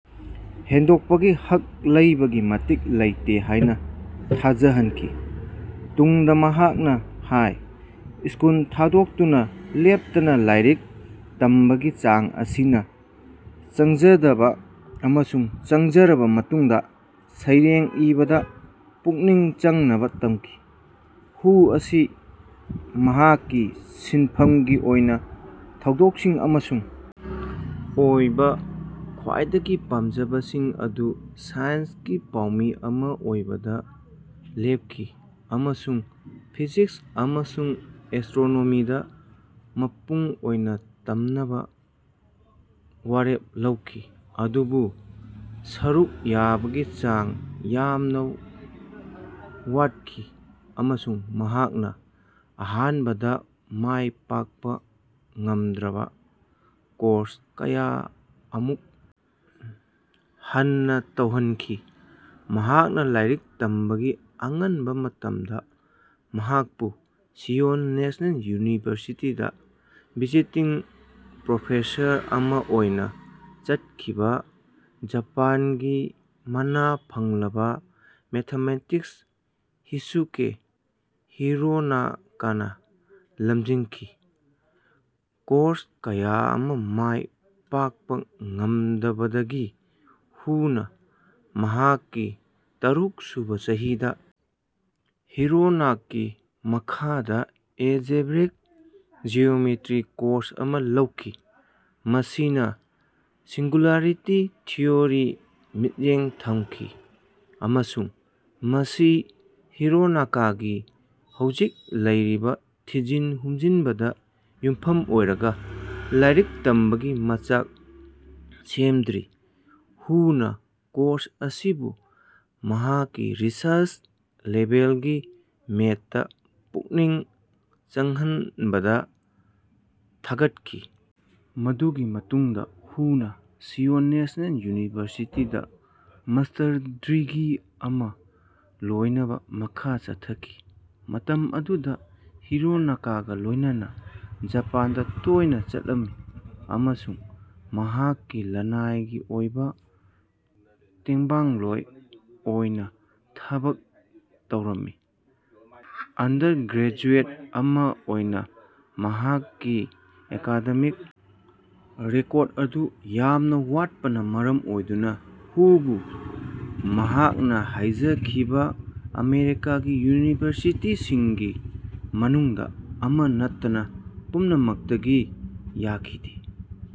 ꯍꯦꯟꯗꯣꯛꯄꯒꯤ ꯍꯛ ꯂꯩꯕꯒꯤ ꯃꯇꯤꯛ ꯂꯩꯇꯦ ꯍꯥꯏꯅ ꯊꯥꯖꯍꯟꯈꯤ꯫ ꯇꯨꯡꯗ ꯃꯍꯥꯛꯅ ꯍꯥꯏ ꯁ꯭ꯀꯨꯜ ꯊꯥꯗꯣꯛꯇꯨꯅ ꯂꯦꯞꯇꯅ ꯂꯥꯏꯔꯤꯛ ꯇꯝꯕꯒꯤ ꯆꯥꯡ ꯑꯁꯤꯅ ꯆꯪꯖꯗꯕ ꯑꯃꯁꯨꯡ ꯆꯪꯖꯔꯕ ꯃꯇꯨꯡꯗ ꯁꯩꯔꯦꯡ ꯏꯕꯗ ꯄꯨꯛꯅꯤꯡ ꯆꯪꯅꯕ ꯇꯝꯈꯤ꯫ ꯍꯨ ꯑꯁꯤ ꯃꯍꯥꯛꯀꯤ ꯁꯤꯟꯐꯝꯒꯤ ꯑꯣꯏꯅ ꯊꯧꯗꯣꯛꯁꯤꯡ ꯑꯃꯁꯨꯡ ꯑꯣꯏꯕ ꯈ꯭ꯋꯥꯏꯗꯒꯤ ꯄꯥꯝꯖꯕꯁꯤꯡ ꯑꯗꯨ ꯁꯥꯏꯟ꯭ꯁꯀꯤ ꯄꯥꯎꯃꯤ ꯑꯃ ꯑꯣꯏꯕꯗ ꯂꯦꯞꯈꯤ ꯑꯃꯁꯨꯡ ꯐꯤꯖꯤꯛꯁ ꯑꯃꯁꯨꯡ ꯑꯦꯁꯇ꯭ꯔꯣꯅꯣꯃꯤꯗ ꯃꯄꯨꯡ ꯑꯣꯏꯅ ꯇꯝꯅꯕ ꯋꯥꯔꯦꯞ ꯂꯧꯈꯤ, ꯑꯗꯨꯕꯨ ꯁꯔꯨꯛ ꯌꯥꯕꯒꯤ ꯆꯥꯡ ꯌꯥꯝꯅ ꯋꯥꯠꯈꯤ ꯑꯃꯁꯨꯡ ꯃꯍꯥꯛꯅ ꯑꯍꯥꯟꯕꯗ ꯃꯥꯏ ꯄꯥꯛꯄ ꯉꯝꯗ꯭ꯔꯕ ꯀꯣꯔꯁ ꯀꯌꯥ ꯑꯃꯨꯛ ꯍꯟꯅ ꯇꯧꯍꯟꯈꯤ꯫ ꯃꯍꯥꯛꯅ ꯂꯥꯏꯔꯤꯛ ꯇꯝꯕꯒꯤ ꯑꯉꯟꯕ ꯃꯇꯝꯗ ꯃꯍꯥꯛꯄꯨ ꯁꯤꯑꯣꯜ ꯅꯦꯁꯅꯦꯜ ꯌꯨꯅꯤꯚꯔꯁꯤꯇꯤꯗ ꯚꯤꯖꯤꯇꯤꯡ ꯄ꯭ꯔꯣꯐꯦꯁꯔ ꯑꯃ ꯑꯣꯏꯅ ꯆꯠꯈꯤꯕ, ꯖꯄꯥꯟꯒꯤ ꯃꯅꯥ ꯐꯪꯂꯕ ꯃꯦꯊꯥꯃꯦꯇꯤꯛꯁ ꯍꯤꯁꯨꯀꯦ ꯍꯤꯔꯣꯅꯥꯀꯥꯅ ꯂꯝꯖꯤꯡꯈꯤ꯫ ꯀꯣꯔꯁ ꯀꯌꯥ ꯑꯃ ꯃꯥꯏ ꯄꯥꯛꯄ ꯉꯝꯗꯕꯗꯒꯤ ꯍꯨꯅ ꯃꯍꯥꯛꯀꯤ ꯇꯔꯨꯛꯁꯨꯕ ꯆꯍꯤꯗ ꯍꯤꯔꯣꯅꯥꯀꯒꯤ ꯃꯈꯥꯗ ꯑꯦꯖꯤꯕ꯭ꯔꯥꯏꯛ ꯖꯣꯃꯤꯇ꯭ꯔꯤ ꯀꯣꯔꯁ ꯑꯃ ꯂꯧꯈꯤ, ꯃꯁꯤꯅ ꯁꯤꯡꯒꯨꯂꯔꯤꯇꯤ ꯊꯤꯑꯣꯔꯤ ꯃꯤꯠꯌꯦꯡ ꯊꯝꯈꯤ ꯑꯃꯁꯨꯡ ꯃꯁꯤ ꯍꯤꯔꯣꯅꯥꯀꯥꯒꯤ ꯍꯧꯖꯤꯛ ꯂꯩꯔꯤꯕ ꯊꯤꯖꯤꯟ-ꯍꯨꯝꯖꯤꯟꯕꯗ ꯌꯨꯝꯐꯝ ꯑꯣꯏꯔꯒ ꯂꯥꯏꯔꯤꯛ ꯇꯝꯕꯒꯤ ꯃꯆꯥꯛ ꯁꯦꯝꯗ꯭ꯔꯤ꯫ ꯍꯨꯅ ꯀꯣꯔꯁ ꯑꯁꯤꯕꯨ ꯃꯍꯥꯛꯀꯤ ꯔꯤꯁꯔ꯭ꯆ-ꯂꯦꯕꯦꯜꯒꯤ ꯃꯦꯠꯇ ꯄꯨꯛꯅꯤꯡ ꯆꯪꯍꯟꯕꯗ ꯊꯥꯒꯠꯈꯤ꯫ ꯃꯗꯨꯒꯤ ꯃꯇꯨꯡꯗ ꯍꯨꯅ ꯁꯤꯑꯣꯜ ꯅꯦꯁꯅꯦꯜ ꯌꯨꯅꯤꯚꯔꯁꯤꯇꯤꯗ ꯃꯥꯁꯇꯔ ꯗꯤꯒ꯭ꯔꯤ ꯑꯃ ꯂꯣꯏꯅꯕ ꯃꯈꯥ ꯆꯠꯊꯈꯤ, ꯃꯇꯝ ꯑꯗꯨꯗ ꯍꯤꯔꯣꯅꯥꯀꯥꯒ ꯂꯣꯏꯅꯅꯥ ꯖꯄꯥꯟꯗ ꯇꯣꯏꯅ ꯆꯠꯂꯝꯃꯤ ꯑꯃꯁꯨꯡ ꯃꯍꯥꯛꯀꯤ ꯂꯅꯥꯏꯒꯤ ꯑꯣꯏꯕ ꯇꯦꯡꯕꯥꯡꯂꯣꯏ ꯑꯣꯏꯅ ꯊꯕꯛ ꯇꯧꯔꯝꯃꯤ꯫ ꯑꯟꯗꯔ ꯒ꯭ꯔꯦꯖꯨꯑꯦꯠ ꯑꯃ ꯑꯣꯏꯅ ꯃꯍꯥꯛꯀꯤ ꯑꯦꯀꯥꯗꯃꯤꯛ ꯔꯦꯀꯣꯔꯠ ꯑꯗꯨ ꯌꯥꯝꯅ ꯋꯥꯠꯄꯅ ꯃꯔꯝ ꯑꯣꯏꯗꯨꯅ ꯍꯨꯕꯨ ꯃꯍꯥꯛꯅ ꯍꯥꯏꯖꯈꯤꯕ ꯑꯃꯦꯔꯤꯀꯥꯒꯤ ꯌꯨꯅꯤꯚꯔꯁꯤꯇꯤꯁꯤꯡꯒꯤ ꯃꯅꯨꯡꯗ ꯑꯃ ꯅꯠꯇꯅ ꯄꯨꯝꯅꯃꯛꯇꯒꯤ ꯌꯥꯈꯤꯗꯦ꯫